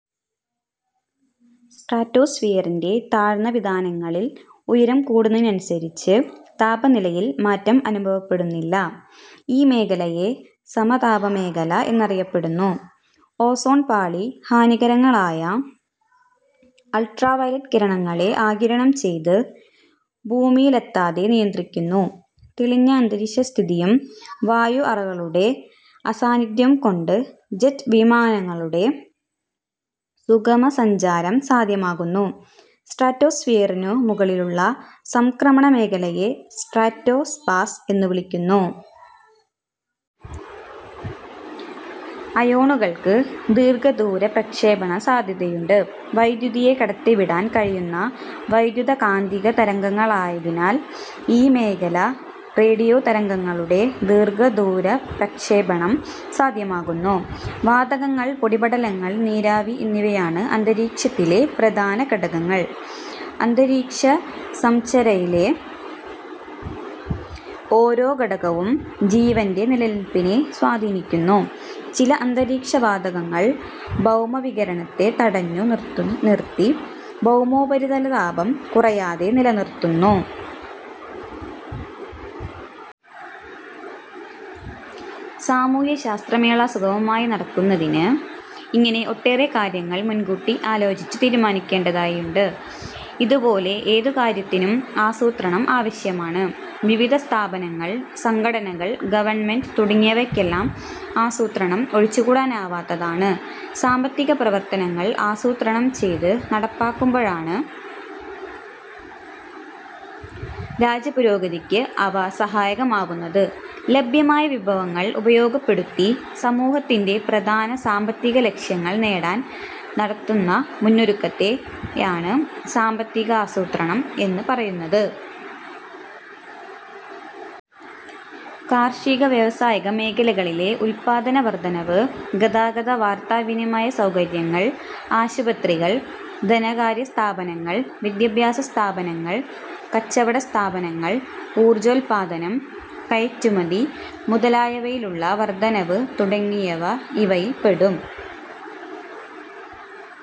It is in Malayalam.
സ്ട്രാറ്റോസ്ഫിയറിന്റെ താഴ്ന്ന വിതാനങ്ങളിൽ ഉയരം കൂടുന്നതിനനുസരിച്ച് താപനിലയിൽ മാറ്റം അനുഭവപ്പെടുന്നില്ല. ഈ മേഖലയെ സമതാപമേഖല എന്നറിയപ്പെടുന്നു. ഓസോൺ പാളി ഹാനികരങ്ങളായ അൾട്രാവയലറ്റ് കിരണങ്ങളെ ആഗിരണം ചെയ്ത് ഭൂമിയിലെത്താതെ നിയന്ത്രിക്കുന്നു. തെളിഞ്ഞ അന്തരീക്ഷസ്ഥിതിയും വായു അറകളുടെ അസാന്നിധ്യവുകൊണ്ട് ജറ്റ് വിമാനങ്ങളുടെ സുഗമസഞ്ചാരം സാധ്യമാക്കുന്നു. സ്ട്രാറ്റോസ്ഫിയറിനു മുകളിലുള്ള സംക്രമണമേഖലയെ സ്ട്രാറ്റോ പാസ് എന്നു വിളിക്കുന്നു. അയോണുകൾക്ക് ദീർഘദൂര പ്രക്ഷേപണം സാധ്യയുണ്ട്. വൈദ്യുതിയെ കടത്തിവിടാൻ കഴിയുന്ന വൈദ്യുത കാന്തിക തരംഗങ്ങളായതിനാൽ ഈ മേഖല റേഡിയോതരംഗങ്ങളുടെ ദീർഘദൂര പ്രക്ഷേപണം സാധ്യമാക്കുന്നു. വാതകങ്ങൾ, പൊടിപടലങ്ങൾ, നീരാവി എന്നിവയാണ് അന്തരീക്ഷത്തിലെ പ്രധാന ഘടകങ്ങൾ. അന്തരീക്ഷസംരചനയിലെ ഓരോ ഘടകവും ജീവന്റെ നിലനിൽപ്പിനെ സ്വാധീനിക്കുന്നു. ചില അന്തരീക്ഷവാതകങ്ങൾ ഭൗമവികിരണത്തെ തടഞ്ഞു നിർത്തി ഭൗമോപരിതലതാപം കുറയാതെ നിലനിർത്തുന്നു. സാമൂഹ്യശാസ്ത്രമേള സുഗമമായി നടക്കുന്നതിന് ഇങ്ങനെ ഒട്ടേറെ കാര്യങ്ങൾ മുൻകൂട്ടി ആലോചിച്ചു തീരുമാനിക്കേണ്ടതായിട്ടുണ്ട്. ഇതു പോലെ ഏതു കാര്യത്തിനും ആസൂത്രണം ആവശ്യമാണ്. വിവിധ സ്ഥാപനങ്ങൾ, സംഘടനകൾ, ഗവൺമെന്റ് തുടങ്ങിയവയ്ക്കെല്ലാം ആസൂത്രണം ഒഴിച്ചുകൂടാനാവാത്തതാണ്. സാമ്പത്തിക പ്രവർത്തനങ്ങൾ, ആസൂത്രണം ചെയ്തു നടപ്പാക്കുമ്പോഴാണ് രാജ്യപുരോഗതിയ്ക്ക് അവ സഹായകമാവുന്നത്. ലഭ്യമായ വിഭവങ്ങൾ ഉപയോഗപ്പെടുത്തി സമൂഹത്തിന്റെ പ്രധാന സാമ്പത്തികലക്ഷ്യങ്ങൾ നേടാൻ നടത്തുന്ന മുന്നൊരുക്കത്തെ യാണ് സാമ്പത്തികാസൂത്രണം എന്നു പറയുന്നത്. കാർഷിക- വ്യാവസായിക മേഖലകളിലെ ഉല്പാദനവർധനവ്, ഗതാഗത വാർത്താ വിനിമയ സൗകര്യങ്ങൾ, ആശുപത്രികൾ, ധനകാര്യസ്ഥാപനങ്ങൾ, വിദ്യാഭ്യാസ സ്ഥാപനങ്ങൾ, കച്ചവട സ്ഥാപനങ്ങൾ, ഊർജോൽപ്പാദനം, കയറ്റുമതി മുതലായവയിലുള്ള വർധനവ് തുടങ്ങിയവ ഇവയിൽ ഉൾപ്പെടും.